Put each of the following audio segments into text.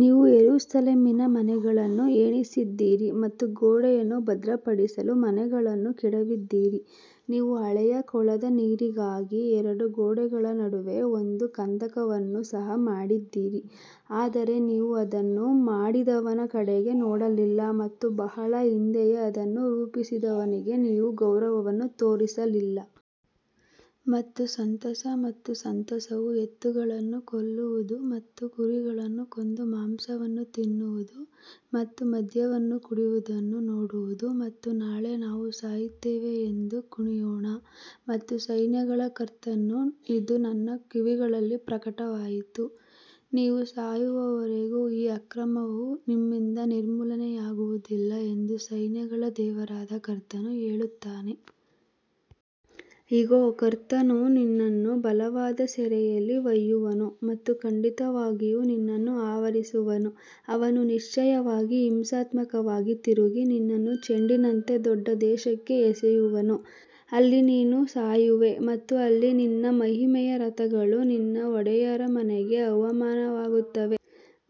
ನೀವು ಯೆರೂಸಲೇಮಿನ ಮನೆಗಳನ್ನು ಎಣಿಸಿದ್ದೀರಿ ಮತ್ತು ಗೋಡೆಯನ್ನು ಭದ್ರಪಡಿಸಲು ಮನೆಗಳನ್ನು ಕೆಡವಿದ್ದೀರಿ ನೀವು ಹಳೆಯ ಕೊಳದ ನೀರಿಗಾಗಿ ಎರಡು ಗೋಡೆಗಳ ನಡುವೆ ಒಂದು ಕಂದಕವನ್ನು ಸಹ ಮಾಡಿದ್ದೀರಿ ಆದರೆ ನೀವು ಅದನ್ನು ಮಾಡಿದವನ ಕಡೆಗೆ ನೋಡಲಿಲ್ಲ ಮತ್ತು ಬಹಳ ಹಿಂದೆಯೇ ಅದನ್ನು ರೂಪಿಸಿದವನಿಗೆ ನೀವು ಗೌರವವನ್ನು ತೋರಿಸಲಿಲ್ಲ. ಮತ್ತು ಸಂತೋಷ ಮತ್ತು ಸಂತೋಷವು ಎತ್ತುಗಳನ್ನು ಕೊಲ್ಲುವುದು ಮತ್ತು ಕುರಿಗಳನ್ನು ಕೊಂದು ಮಾಂಸವನ್ನು ತಿನ್ನುವುದು ಮತ್ತು ಮದ್ಯವನ್ನು ಕುಡಿಯುವುದನ್ನು ನೋಡುವುದು ಮತ್ತು ನಾಳೆ ನಾವು ಸಾಯುತ್ತೇವೆ ಮತ್ತು ಕುಡಿಯೋಣ ಮತ್ತು ಸೈನ್ಯಗಳ ಕರ್ತನು ಇದು ನನ್ನ ಕಿವಿಗಳಲ್ಲಿ ಪ್ರಕಟವಾಯಿತು, ನೀವು ಸಾಯುವವರೆಗೂ ಈ ಅಕ್ರಮವು ನಿಮ್ಮಿಂದ ನಿರ್ಮೂಲನೆಯಾಗುವುದಿಲ್ಲ ಎಂದು ಸೈನ್ಯಗಳ ದೇವರಾದ ಕರ್ತನು ಹೇಳುತ್ತಾನೆ. ಇಗೋ, ಕರ್ತನು ನಿನ್ನನ್ನು ಬಲವಾದ ಸೆರೆಯಲ್ಲಿ ಒಯ್ಯುವನು ಮತ್ತು ಖಂಡಿತವಾಗಿಯೂ ನಿನ್ನನ್ನು ಆವರಿಸುವನು ಅವನು ನಿಶ್ಚಯವಾಗಿ ಹಿಂಸಾತ್ಮಕವಾಗಿ ತಿರುಗಿ ನಿನ್ನನ್ನು ಚೆಂಡಿನಂತೆ ದೊಡ್ಡ ದೇಶಕ್ಕೆ ಎಸೆಯುವನು, ಅಲ್ಲಿ ನೀನು ಸಾಯುವೆ ಮತ್ತು ಅಲ್ಲಿ ನಿನ್ನ ಮಹಿಮೆಯ ರಥಗಳು ನಿನ್ನ ಒಡೆಯರ ಮನೆಗೆ ಅವಮಾನವಾಗುತ್ತವೆ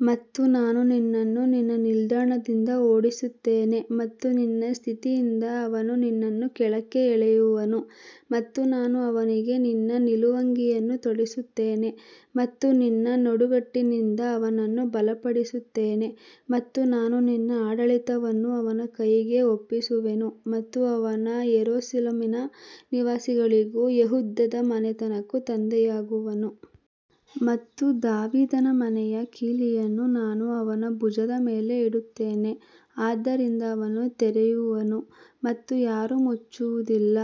ಮತ್ತು ನಾನು ನಿನ್ನನ್ನು ನಿನ್ನ ನಿಲ್ದಾಣದಿಂದ ಓಡಿಸುತ್ತೇನೆ ಮತ್ತು ನಿನ್ನ ಸ್ಥಿತಿಯಿಂದ ಅವನು ನಿನ್ನನ್ನು ಕೆಳಕ್ಕೆ ಎಳೆಯುವನು ಮತ್ತು ನಾನು ಅವನಿಗೆ ನಿನ್ನ ನಿಲುವಂಗಿಯನ್ನು ತೊಡಿಸುತ್ತೇನೆ ಮತ್ತು ನಿನ್ನ ನಡುಕಟ್ಟಿನಿಂದ ಅವನನ್ನು ಬಲಪಡಿಸುತ್ತೇನೆ ಮತ್ತು ನಾನು ನಿನ್ನ ಆಡಳಿತವನ್ನು ಅವನ ಕೈಗೆ ಒಪ್ಪಿಸುವೆನು ಮತ್ತು ಅವನು ಯೆರೂಸಲೇಮಿನ ನಿವಾಸಿಗಳಿಗೂ ಯೆಹೂದದ ಮನೆತನಕ್ಕೂ ತಂದೆಯಾಗುವನು. ಮತ್ತು ದಾವೀದನ ಮನೆಯ ಕೀಲಿಯನ್ನು ನಾನು ಅವನ ಭುಜದ ಮೇಲೆ ಇಡುತ್ತೇನೆ, ಆದ್ದರಿಂದ ಅವನು ತೆರೆಯುವನು ಮತ್ತು ಯಾರೂ ಮುಚ್ಚುವುದಿಲ್ಲ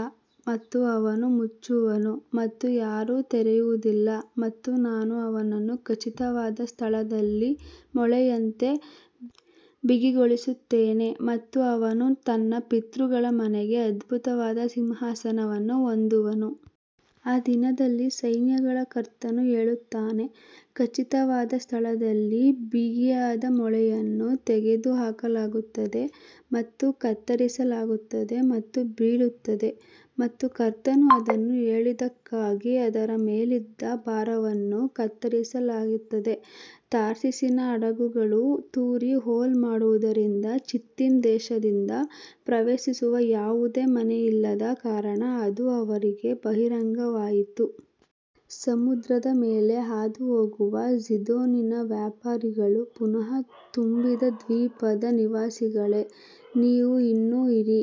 ಮತ್ತು ಅವನು ಮುಚ್ಚುವನು ಮತ್ತು ಯಾರೂ ತೆರೆಯುವುದಿಲ್ಲ ಮತ್ತು ನಾನು ಅವನನ್ನು ಖಚಿತವಾದ ಸ್ಥಳದಲ್ಲಿ ಮೊಳೆಯಂತೆ ಬಿಗಿಗೊಳಿಸುತ್ತೇನೆ ಮತ್ತು ಅವನು ತನ್ನ ಪಿತೃಗಳ ಮನೆಗೆ ಅದ್ಭುತವಾದ ಸಿಂಹಾಸನವನ್ನು ಹೊಂದುವನು. ಆ ದಿನದಲ್ಲಿ ಸೈನ್ಯಗಳ ಕರ್ತನು ಹೇಳುತ್ತಾನೆ, ಖಚಿತವಾದ ಸ್ಥಳದಲ್ಲಿ ಬಿಗಿಯಾದ ಮೊಳೆಯನ್ನು ತೆಗೆದುಹಾಕಲಾಗುತ್ತದೆ ಮತ್ತು ಕತ್ತರಿಸಲಾಗುತ್ತದೆ ಮತ್ತು ಬೀಳುತ್ತದೆ ಮತ್ತು ಕರ್ತನು ಅದನ್ನು ಹೇಳಿದ್ದಕ್ಕಾಗಿ ಅದರ ಮೇಲಿದ್ದ ಭಾರವನ್ನು ಕತ್ತರಿಸಲಾಗುತ್ತದೆ. ತಾರ್ಷೀಷಿನ ಹಡಗುಗಳು ತೂರಿ ಹೌಲ್ ಮಾಡುವುದರಿಂದ ಚಿತ್ತೀಮ್ ದೇಶದಿಂದ ಪ್ರವೇಶಿಸುವ ಯಾವುದೇ ಮನೆಯಿಲ್ಲದ ಕಾರಣ ಅದು ಅವರಿಗೆ ಬಹಿರಂಗವಾಯಿತು. ಸಮುದ್ರದ ಮೇಲೆ ಹಾದುಹೋಗುವ ಝೀದೋನಿನ ವ್ಯಾಪಾರಿಗಳು ಪುನಃ ತುಂಬಿದ ದ್ವೀಪದ ನಿವಾಸಿಗಳೇ, ನೀವು ಇನ್ನೂ ಇರಿ.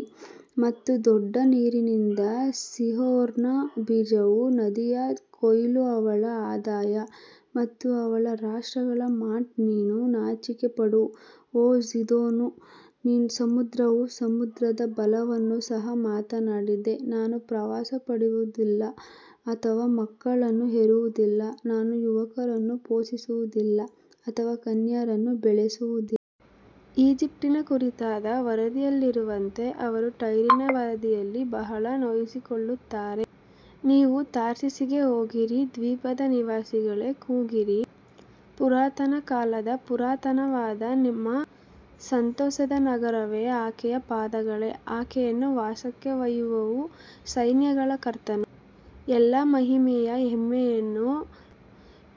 ಮತ್ತು ದೊಡ್ಡ ನೀರಿನಿಂದ ಸೀಹೋರ್ನ ಬೀಜವು ನದಿಯ ಕೊಯ್ಲು ಅವಳ ಆದಾಯ ಮತ್ತು ಅವಳು ರಾಷ್ಟ್ರಗಳ ಮಾರ್ಟ್ ನೀನು ನಾಚಿಕೆಪಡು ಓ ಝೀದೋನ್, ಸಮುದ್ರವು ಸಮುದ್ರದ ಬಲವನ್ನು ಸಹ ಮಾತನಾಡಿದೆ, ನಾನು ಪ್ರಸವಪಡುವುದಿಲ್ಲ ಅಥವಾ ಮಕ್ಕಳನ್ನು ಹೆರುವುದಿಲ್ಲ, ನಾನು ಯುವಕರನ್ನು ಪೋಷಿಸುವುದಿಲ್ಲ ಅಥವಾ ಕನ್ಯೆಯರನ್ನು ಬೆಳೆಸುವುದಿಲ್ಲ. ಈಜಿಪ್ಟಿನ ಕುರಿತಾದ ವರದಿಯಲ್ಲಿರುವಂತೆ ಅವರು ಟೈರಿನ ವರದಿಯಲ್ಲಿ ಬಹಳ ನೋಯಿಸಿಕೊಳ್ಳುತ್ತಾರೆ ನೀವು ತಾರ್ಷೀಷ್ಗೆ ಹೋಗಿರಿ, ದ್ವೀಪದ ನಿವಾಸಿಗಳೇ ಕೂಗಿರಿ ಪುರಾತನ ಕಾಲದ ಪುರಾತನವಾದ ನಿಮ್ಮ ಸಂತೋಷದ ನಗರವೇ ಆಕೆಯ ಪಾದಗಳೇ ಆಕೆಯನ್ನು ವಾಸಕ್ಕೆ ಒಯ್ಯುವವು ಸೈನ್ಯಗಳ ಕರ್ತನು ಎಲ್ಲಾ ಮಹಿಮೆಯ ಹೆಮ್ಮೆಯನ್ನು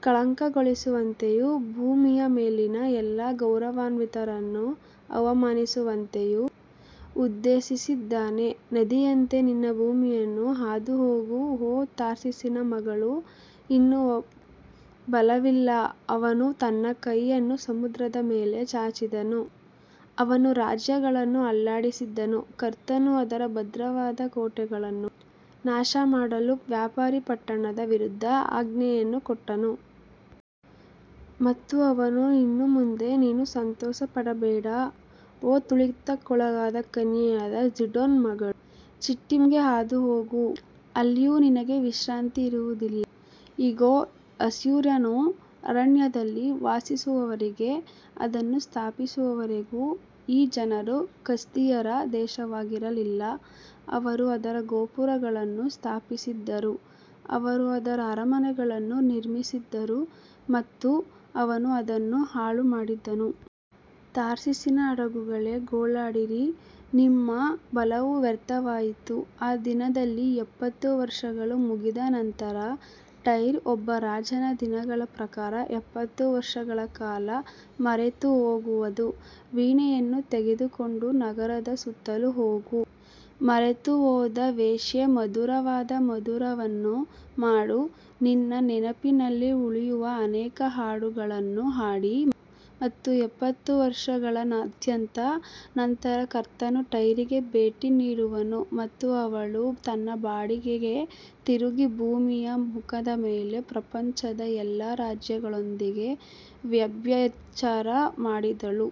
ಕಳಂಕಗೊಳಿಸುವಂತೆಯೂ ಭೂಮಿಯ ಮೇಲಿನ ಎಲ್ಲಾ ಗೌರವಾನ್ವಿತರನ್ನು ಅವಮಾನಿಸುವಂತೆಯೂ ಉದ್ದೇಶಿಸಿದ್ದಾನೆ ನದಿಯಂತೆ ನಿನ್ನ ಭೂಮಿಯನ್ನು ಹಾದು ಹೋಗು ಓ ತಾರ್ಷೀಷನ ಮಗಳು ಇನ್ನು ಬಲವಿಲ್ಲ ಅವನು ತನ್ನ ಕೈಯನ್ನು ಸಮುದ್ರದ ಮೇಲೆ ಚಾಚಿದನು, ಅವನು ರಾಜ್ಯಗಳನ್ನು ಅಲ್ಲಾಡಿಸಿದನು, ಕರ್ತನು ಅದರ ಭದ್ರವಾದ ಕೋಟೆಗಳನ್ನು ನಾಶಮಾಡಲು ವ್ಯಾಪಾರಿ ಪಟ್ಟಣದ ವಿರುದ್ಧ ಆಜ್ಞೆಯನ್ನು ಕೊಟ್ಟನು. ಮತ್ತು ಅವನು ಇನ್ನು ಮುಂದೆ ನೀನು ಸಂತೋಷಪಡಬೇಡ, ಓ ತುಳಿತಕ್ಕೊಳಗಾದ ಕನ್ಯೆಯಾದ ಜಿಡೋನ್ ಮಗಳು ಚಿಟ್ಟಿಮ್ಗೆ ಹಾದುಹೋಗು ಅಲ್ಲಿಯೂ ನಿನಗೆ ವಿಶ್ರಾಂತಿ ಇರುವುದಿಲ್ಲ. ಇಗೋ, ಅಶ್ಶೂರನು ಅರಣ್ಯದಲ್ಲಿ ವಾಸಿಸುವವರಿಗೆ ಅದನ್ನು ಸ್ಥಾಪಿಸುವವರೆಗೂ ಈ ಜನರು ಕಸ್ದೀಯರ ದೇಶವಾಗಿರಲಿಲ್ಲ, ಅವರು ಅದರ ಗೋಪುರಗಳನ್ನು ಸ್ಥಾಪಿಸಿದರು, ಅವರು ಅದರ ಅರಮನೆಗಳನ್ನು ನಿರ್ಮಿಸಿದರು ಮತ್ತು ಅವನು ಅದನ್ನು ಹಾಳುಮಾಡಿದನು. ತಾರ್ಷೀಷಿನ ಹಡಗುಗಳೇ ಗೋಳಾಡಿರಿ ನಿಮ್ಮ ಬಲವು ವ್ಯರ್ಥವಾಯಿತು ಆ ದಿನದಲ್ಲಿ ಎಪ್ಪತ್ತು ವರ್ಷಗಳು ಮುಗಿದ ನಂತರ ಟೈರ್ ಒಬ್ಬ ರಾಜನ ದಿನಗಳ ಪ್ರಕಾರ ಎಪ್ಪತ್ತು ವರ್ಷಗಳ ಕಾಲ ಮರೆತುಹೋಗುವದು ವೀಣೆಯನ್ನು ತೆಗೆದುಕೊಂಡು ನಗರದ ಸುತ್ತಲೂ ಹೋಗು, ಮರೆತುಹೋದ ವೇಶ್ಯೆ, ಮಧುರವಾದ ಮಧುರವನ್ನು ಮಾಡು ನಿನ್ನ ನೆನಪಿನಲ್ಲಿ ಉಳಿಯುವ ಅನೇಕ ಹಾಡುಗಳನ್ನು ಹಾಡಿ ಮತ್ತು ಎಪ್ಪತ್ತು ವರ್ಷಗಳ ಅಂತ್ಯದ ನಂತರ ಕರ್ತನು ಟೈರಿಗೆ ಭೇಟಿ ನೀಡುವನು ಮತ್ತು ಅವಳು ತನ್ನ ಬಾಡಿಗೆಗೆ ತಿರುಗಿ ಭೂಮಿಯ ಮುಖದ ಮೇಲೆ ಪ್ರಪಂಚದ ಎಲ್ಲಾ ರಾಜ್ಯಗಳೊಂದಿಗೆ ವ್ಯಭಿಚಾರ ಮಾಡುವಳು.